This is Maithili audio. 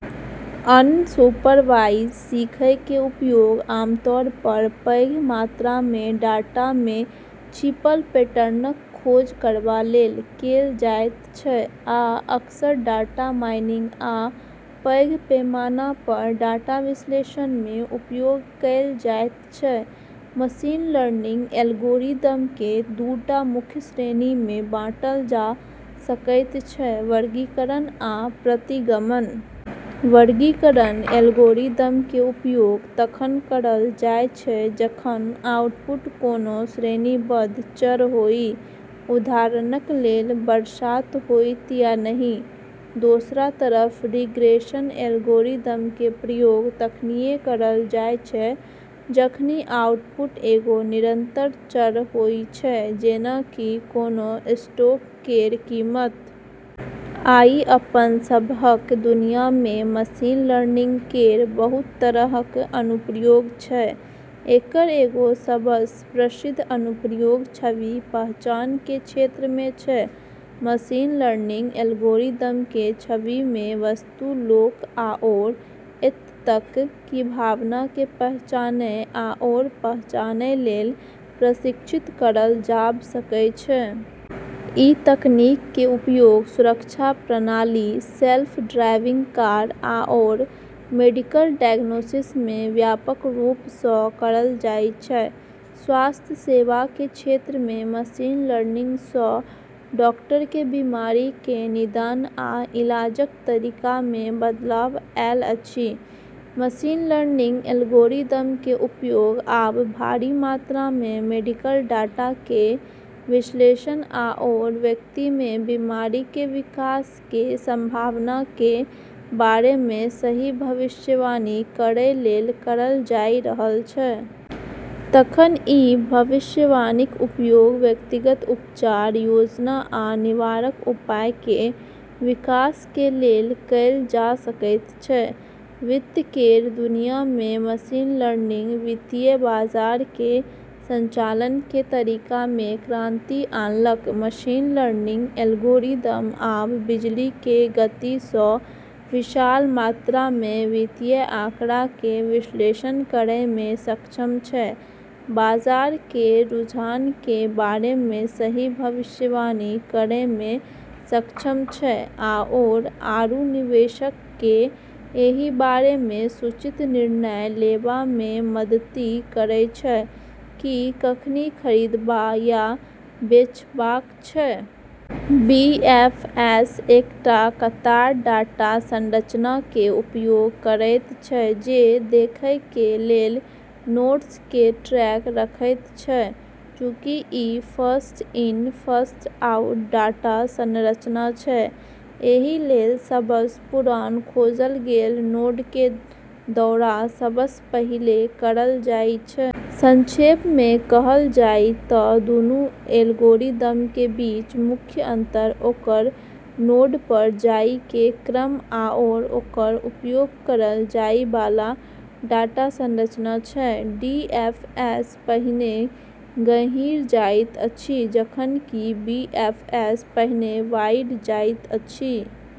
अनसुपरवाइज सीखयके उपयोग आमतौर पर पैघ मात्रामे डाटामे छिपल पैटर्नक खोज करबा लेल कैल जायत छै, आ अक्सर डाटा माइनिंग आ पैघ पैमाना पर डाटा विश्लेषणमे उपयोग कैल जायत छै । मशीन लर्निंग एल्गोरिदमके दू टा मुख्य श्रेणीमे बांटल जा सकैत छै वर्गीकरण आ प्रतिगमन । वर्गीकरण एल्गोरिदमके उपयोग तखन करल जाय छै जखन आउटपुट कोनों श्रेणीबद्ध चर होइ, उदाहरणक लेल, बरसात होइत या नहि? दोसरा तरफ रिग्रेशन एल्गोरिदमके प्रयोग तखनिये करल जाय छै जखनि आउटपुट एगो निरंतर चर होइ छै, जेना कि कोनो स्टॉक केर कीमत। आइ अपन सबहक दुनियामे मशीन लर्निंग केर बहुत तरहक अनुप्रयोग छै। एकर एगो सबसँ प्रसिद्ध अनुप्रयोग छवि पहचानके क्षेत्रमे छै। मशीन लर्निंग एल्गोरिदमके छविमे वस्तु, लोक आओर एत' तक कि भावनाके पहचानै आओर पहचानै लेल प्रशिक्षित करल जाब सकै छै। ई तकनीकके उपयोग सुरक्षा प्रणाली, सेल्फ ड्राइविंग कार, आओर मेडिकल डायग्नोसिसमे व्यापक रूपसँ करल जाइ छै। स्वास्थ्य सेवाके क्षेत्रमे मशीन लर्निंगसँ डॉक्टरके बीमारीके निदान आ इलाजक तरीकामे बदलाव आयल अछि । मशीन लर्निंग एल्गोरिदमके उपयोग आब भारी मात्रामे मेडिकल डाटाके विश्लेषण आओर व्यक्तिमे बीमारीके विकासके संभावनाके बारेमे सही भविष्यवाणी करै लेल करल जाइ रहल छै। तखन ई भविष्यवाणीक उपयोग व्यक्तिगत उपचार योजना आ निवारक उपायके विकासके लेल कैल जा सकैत छै । वित्त केर दुनियामे मशीन लर्निंग वित्तीय बाजारके संचालनके तरीकामे क्रांति आनलक । मशीन लर्निंग एल्गोरिदम आब बिजलीके गतिसँ विशाल मात्रामे वित्तीय आंकड़ाके विश्लेषण करैमे सक्षम छै, बाजार केर रुझानके बारेमे सही भविष्यवाणी करैमे सक्षम छै आओर आरू निवेशकके एहि बारेमे सूचित निर्णय लेबामे मदति करै छै कि कखनि खरिदबा या बेछबाक छै। बीएफएस एकटा कतार डाटा संरचनाके उपयोग करैत छै, जे देखैके लेल नोड्सके ट्रैक रखैत छै । चूँकि ई फर्स्ट-इन, फर्स्ट-आउट डाटा संरचना छै, एहि लेल सबसँ पुरान खोजल गेल नोडके दौरा सबसँ पहिले करल जाइ छै। संक्षेपमे कहल जाइ त' दूनू एल्गोरिदमके बीच मुख्य अंतर ओकर नोड पर जाइके क्रम आओर ओकर उपयोग करल जाइबाला डाटा संरचना छै। डीएफएस पहिने गहींर जाइत अछि, जखन कि बीएफएस पहिने वाइड जाइत अछि ।